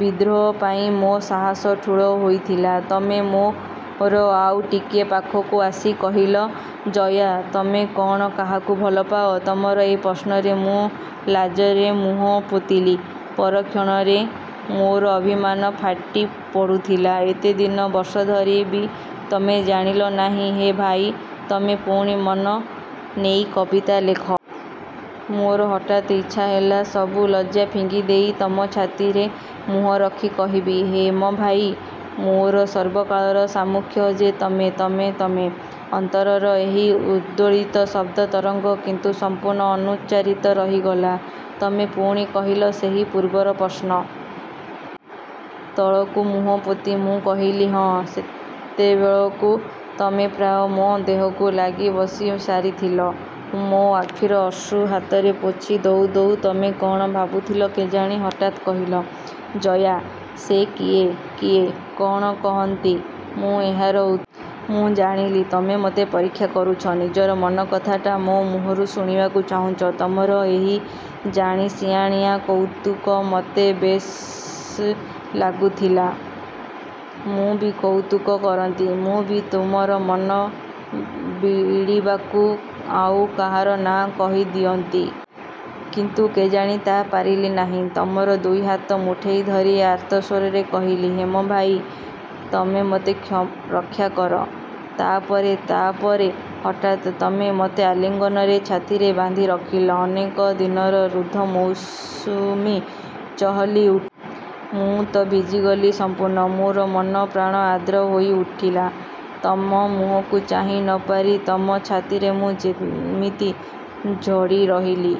ବିଦ୍ରୋହ ପାଇଁ ମୋ ସାହସ ଠୁଳ ହୋଇଥିଲା? ତମେ ମୋର ଆଉ ଟିକିଏ ପାଖକୁ ଆସି କହିଲ, ଜୟା ତମେ କ'ଣ କାହାକୁ ଭଲ ପାଅ-? ତମର ଏ ପ୍ରଶ୍ନରେ ମୁଁ ଲାଜରେ ମୁହଁ ପୋତିଲି। ପର କ୍ଷଣରେ ମୋର ଅଭିମାନ ଫାଟି ପଡ଼ୁଥିଲା। ଏତେ ଦିନ, ବର୍ଷ ଧରି ବି ତମେ ଜାଣିଲ ନାହିଁ ହେମ ଭାଇ, ତମେ ପୁଣି ମନ ନେଇ କବିତା ଲେଖ। ମୋର ହଠାତ୍ ଇଚ୍ଛା ହେଲା, ସବୁ ଲଜ୍ଜା ଫିଙ୍ଗି ଦେଇ ତମ ଛାତିରେ ମୁହ ରଖି କହିବି, ହେମଭାଇ, ମୋର ସର୍ବକାଳର ସାମ୍ମୁଖ୍ୟ ଯେ ତମେ, ତମେ, ତମେ? ଅନ୍ତରର ଏହି ଉଦ୍ବେଳିତ ଶବ୍ଦ ତରଙ୍ଗ କିନ୍ତୁ ସଂପୂର୍ଣ୍ଣ ଅନୁଚ୍ଚାରିତ ରହିଗଲା। ତମେ ପୁଣି କହିଲ, ସେହି ପୂର୍ବର ପ୍ରଶ୍ନ। ତଳକୁ ମୁହଁ ପୋତି ମୁଁ କହିଲି ହଁ। ସେତେବେଳକୁ ତମେ ପ୍ରାୟ ମୋ ଦେହକୁ ଲାଗି ବସି ସାରିଥିଲ। ମୋ ଆଖିର ଅଶ୍ରୁ ହାତରେ ପୋଛି ଦଉ ଦଉ ତମେ କ'ଣ ଭାବୁଥିଲ କେଜାଣି। ହଠାତ୍ କହିଲ। ଜୟା, ସେ କିଏ? କିଏ? କ'ଣ କହନ୍ତି ମୁଁ ଏହାର ଉତ୍ତର? ମୁଁ ଜାଣିଲି, ତମେ ମତେ ପରୀକ୍ଷା କରୁଛ। ନିଜର ମନ କଥାଟା ମୋ ମୁହଁରୁ ଶୁଣିବାକୁ ଚାହୁଁଛି। ତମର ଏହି ଜାଣିସିଆଣିଆ କୌତୁକ ମତେ ବେଶ୍ ଲାଗୁଥିଲା। ମୁଁ ବି କୌତୁକ କରନ୍ତି; ମୁଁ ବି ତୁମର ମନ ବିଡ଼ିବାକୁ ଆଉ କାହାର ନାଁ କହି ଦିଅନ୍ତି। କିନ୍ତୁ କେଜାଣି ତା' ପାରିଲି ନାହିଁ। ତମର ଦୁଇ ହାତ ମୁଠେଇ ଧରି ଆର୍ତ୍ତ ସ୍ଵରରେ କହିଲି, ହେମ ଭାଇ, ତମେ ମତେ ରକ୍ଷା କର। ତା' ପରେ ତା' ପରେ ହଠାତ୍ ତମେ ମତେ ଆଲିଙ୍ଗନରେ ଛାତିରେ ବାନ୍ଧି ରଖିଲ। ଅନେକ ଦିନର ରୁଦ୍ଧ ମୌସୁମୀ ଚହଲି ଉଠିଲା। ମୁଁ ତ ଭିଜିଗଲି ସଂପୂର୍ଣ୍ଣ। ମୋର ମନ ପ୍ରାଣ ଆର୍ଦ୍ର ହୋଇ ଉଠିଲା। ତମ ମୁହଁକୁ ଚାହିଁ ନ ପାରି ତମ ଛାତିରେ ମୁଁ ସେମିତି ଜଡ଼ି ରହିଲି।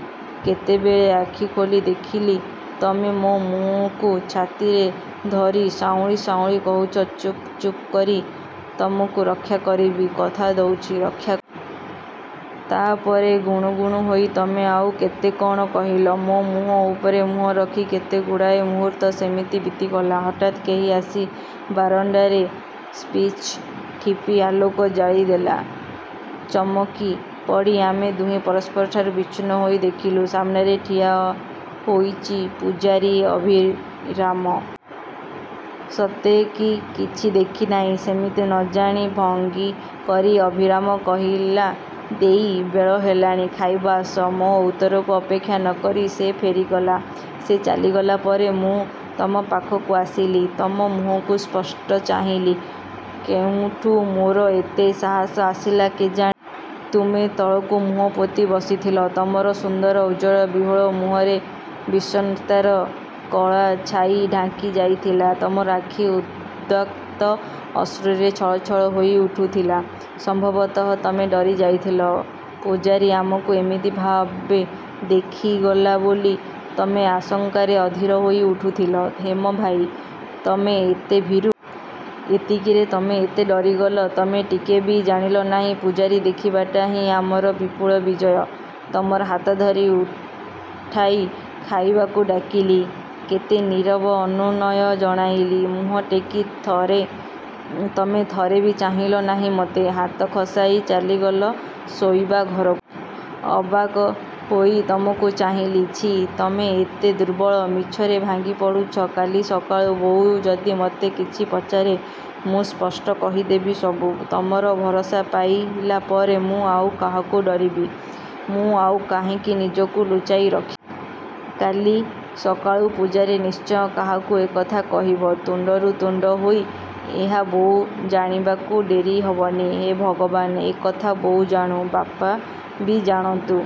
କେତେବେଳେ ଆଖି ଖୋଲି ଦେଖିଲି, ତମେ ମୋ ମୁହଁକୁ ଛାତିରେ ଧରି ସାଉଁଳି ସାଉଁଳି କହୁଚ, ଚୁପ୍ ଚୁପ୍ କରି, ତମକୁ ରକ୍ଷା କରିବି, କଥା ଦଉଚି, ରକ୍ଷା କରିବି। ତା' ପରେ ଗୁଣୁଗୁଣୁ ହୋଇ ତମେ ଆଉ କେତେ କ'ଣ କହିଲ। ମୋ ମୁହଁ ଉପରେ ମୁହଁ ରଖି କେତେଗୁଡ଼ାଏ ମୁହୂର୍ତ୍ତ ସେମିତି ବିତିଗଲା। ହଠାତ୍ କେହି ଆସି ବାରଣ୍ଡାରେ ସ୍ପିଚ୍ ଟିପି ଆଲୋକ ଜାଳିଦେଲା। ଚମକି। ପଡ଼ି ଆମେ ଦୁହେଁ ପରସ୍ପରଠାରୁ ବିଚ୍ଛିନ୍ନ ହୋଇ ଦେଖିଲୁ, ସାମ୍ନାରେ ଠିଆ ହୋଇଚି ପୁଝାରୀ ଅଭିରାମ। ସତେ କି କିଛି ଦେଖିନାହିଁ। ସେମିତି ନ ଜାଣିଲା ଭଙ୍ଗୀ କରି ଅଭିରାମ କହିଲା–ଦେଈ, ବେଳ ହେଲାଣି ଖାଇବ ଆସ। ମୋ ଉତ୍ତରକୁ ଅପେକ୍ଷା ନ କରି ସେ ଫେରିଗଲା। ସେ ଚାଲିଗଲା ପରେ ମୁଁ ତମ ପାଖକୁ ଆସିଲି। ତମ ମୁହଁକୁ ସ୍ପଷ୍ଟ ଚାହିଁଲି, କେଉଁଠୁ ମୋର ଏତେ ସାହାସ ଆସିଲା କେଜାଣି! ତୁମେ ତଳକୁ ମୁହ ପୋତି ବସିଥିଲ। ତମର ସୁନ୍ଦର ଉଜ୍ଜ୍ୱଳ ବିହ୍ୱଳ ମୁହଁରେ ବିଷର୍ଣ୍ଣତାର କଳାଛାଇ ଢାଙ୍କି ଯାଇଥିଲା। ତମର ଆଖି ଉଦ୍ଗତ ଅଶ୍ରୁରେ ଛଳ ଛଳ ହୋଇ ଉଠୁଥିଲା। ସମ୍ଭବତଃ ତମେ ଡରି ଯାଇଥିଲ। ପୁଝାରୀ ଆମକୁ ଏମିତିଭାବେ ଦେଖିଗଲା ବୋଲି ତମେ ଆଶଙ୍କାରେ ଅଧୀର ହୋଇ ଉଠୁଥିଲ ହେମ ଭାଇ, ତମେ ଏତେ ଭୀରୁ। ଏତିକିରେ ତମେ ଏତେ ଡରିଗଲ? ତମେ ଟିକେ ବି ଜାଣିଲ ନାହିଁ, ପୁଝାରୀ ଦେଖିବାଟା ହିଁ ଆମର ବିପୁଳ ବିଜୟ। ତମର ହାତଧରି ଉଠାଇ, ଖାଇବାକୁ ଡାକିଲି। କେତେ ନୀରବ ଅନୁନୟ ଜଣାଇଲି। ମୁହଁ ଟେକି ତମେ ଥରେ ବି ଚାହିଁଲ ନାହିଁ ମତେ। ହାତ ଖସାଇ ଚାଲିଗଲ ଶୋଇବା ଘରକୁ। ଅବାକ୍ ହୋଇ ତମକୁ ଚାହିଁଲି। ଛିଃ, ତମେ ଏତେ ଦୁର୍ବଳ। ମିଛରେ ଭାଙ୍ଗି ପଡ଼ୁଛି। କାଲି ସକାଳୁ ବୋଉ ଯଦି ମତେ କିଛି ପଚାରେ, ମୁଁ ସ୍ପଷ୍ଟ କହିଦେବି ସବୁ। ତମର ଭରସା ପାଇଲା ପରେ ମୁଁ ଆଉ କାହାକୁ ଡରିବି? ମୁଁ ଆଉ କାହିଁକି ନିଜକୁ ଲୁଚାଇ ରଖିବି? କାଲି ସକାଳୁ ପୁଝାରୀ ନିଶ୍ଚୟ କାହାକୁ ଏ କଥା କହିଦବ। ତୁଣ୍ଡରୁ ତୁଣ୍ଡ ହୋଇ ଏହା ବୋଉ ଜାଣିବାକୁ ଡେରି ହବନି। ହେ ଭଗବାନ୍! ଏ କଥା ବୋଉ ଜାଣୁ, ବାପା ବି ଜାଣନ୍ତୁ।